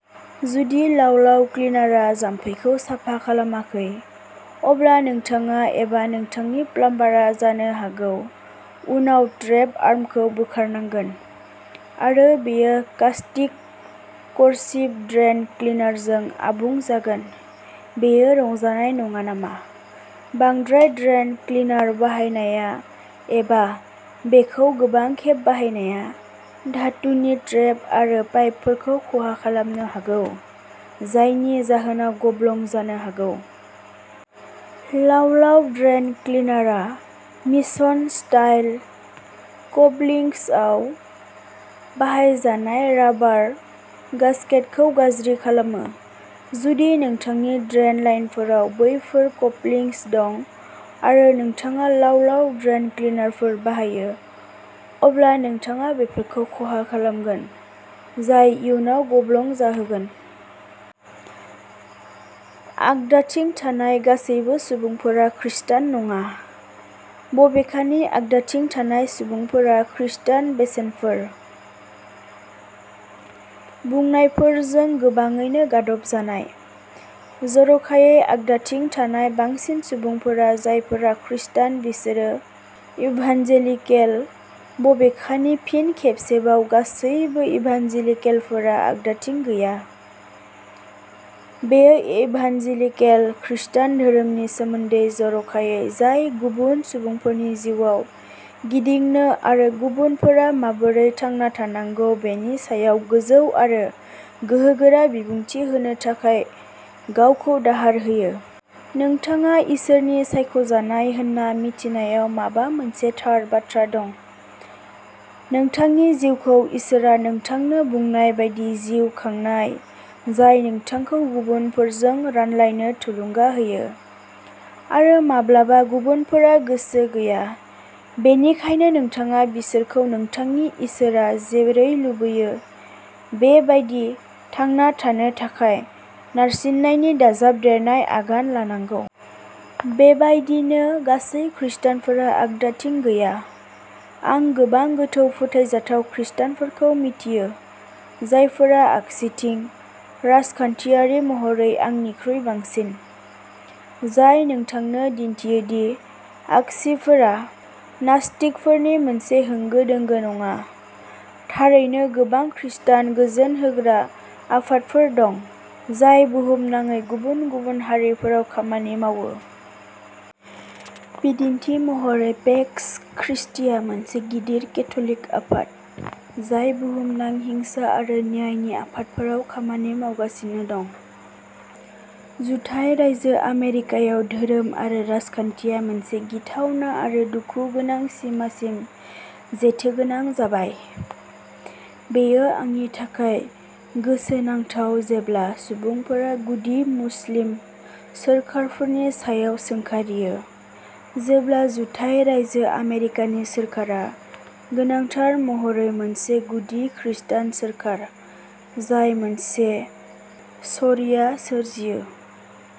जुदि लाव-लाव क्लिनारा जामफैखौ साफा खालामाखै, अब्ला नोंथाङा एबा नोंथांनि प्लाम्बारा जानो हागौ उनाव ट्रेप आर्मखौ बोखारनांगोन आरो बेयो कास्टिक कर'सिभ ड्रेइन क्लिनारजों आबुं जागोन। बेयो रंजानाय नङा नामा? बांद्राय ड्रेइन क्लिनार बाहायनाया, एबा बेखौ गोबां खेब बाहायनाया, धातुनि ट्रेप आरो पाइपफोरखौ खहा खालामनो हागौ, जायनि जाहोनाव गब्लं जानो हागौ। लाव-लाव ड्रेइन क्लिनारआ "मिशन" स्टाइल कपलिंग्सआव बाहायजानाय राबार गास्केटखौ गाज्रि खालामो। जुदि नोंथांनि ड्रेइन लाइनफोराव बैफोर कपलिंग्स दं आरो नोंथाङा लाव-लाव ड्रेइन क्लिनारफोर बाहायो, अब्ला नोंथाङा बेफोरखौ खहा खालामगोन, जाय इयुनाव गब्लं जाहोगोन। आगदाथिं थानाय गासैबो सुबुंफोरा खृस्टान नङा, बबेखानि आगदाथिं थानाय सुबुंफोरा "खृस्टान बेसेनफोर" बुंनायफोरजों गोबाङैनो गादबजानाय। जर'खायै, आगदाथिं थानाय बांसिन सुबुंफोरा जायफोरा खृस्टान, बिसोरो इभान्जेलिकेल, बबेखानि फिन खेबसेबाव गासैबो इभान्जेलिकेलफोरा आगदाथिं गैया। बेयो इभान्जेलिकेल खृस्टान धोरोमनि सोमोन्दै, जर'खायै, जाय गुबुन सुबुंफोरनि जिउआव गिदिंनो आरो गुबुनफोरा माबोरै थांना थानांगौ बेनि सायाव गोजौ आरो गोहोगोरा बिबुंथि होनो थाखाय गावखौ दाहार होयो। नोंथाङा इसोरनि सायख'जानाय होन्ना मिथिनायाव माबा मोनसे थार बाथ्रा दं, नोंथांनि जिउखौ इसोरआ नोंथांनो बुंनाय बायदि जिउ खांनाय, जाय नोंथांखौ गुबुनफोरजों रानलायनो थुलुंगा होयो। आरो माब्लाबा गुबुनफोरा गोसो गैया, बेनिखायनो नोंथाङा बिसोरखौ नोंथांनि इसोरआ जेरै लुबैयो बे बायदि थांना थानो थाखाय नारसिननायनि दाजाबदेरनाय आगान लानांगौ। बेबायदिनो, गासैबो खृस्टानफोरा आगदाथिं गैया। आं गोबां गोथौ फोथायजाथाव खृस्टानफोरखौ मिथियो जायफोरा आगसिथिं, राजखान्थियारि महरै, आंनिख्रुइ बांसिन। जाय नोंथांनो दिन्थियो दि आगसिफोरा नास्तिकफोरनि मोनसे होंगो-दोंगो नङा। थारैनो, गोबां खृस्टान गोजोन होग्रा आफादफोर दं जाय बुहुमनाङै गुबुन-गुबुन हारिफोराव खामानि मावो। बिदिन्थि महरै, पेक्स क्रिस्टीआ मोनसे गिदिर केथ'लिक आफाद जाय बुहुमनां हिंसा आरो न्यायनि आयदाफोराव खामानि मावगासिनो दं। जुथाइ रायजो आमेरिकायाव धोरोम आरो राजखान्थिया मोनसे गिथावना आरो दुखुगोनां सिमासिम जेथोगोनां जाबाय। बेयो आंनि थाखाय गोसोनांथाव जेब्ला सुबुंफोरा गुदि मुस्लिम सोरखारफोरनि सायाव सोंखारियो जेब्ला जुथाइ रायजो आमेरिकानि सोरखारा गोनांथार महरै मोनसे गुदि खृस्टान सोरखार, जाय मोनसे शरिया सोरजियो।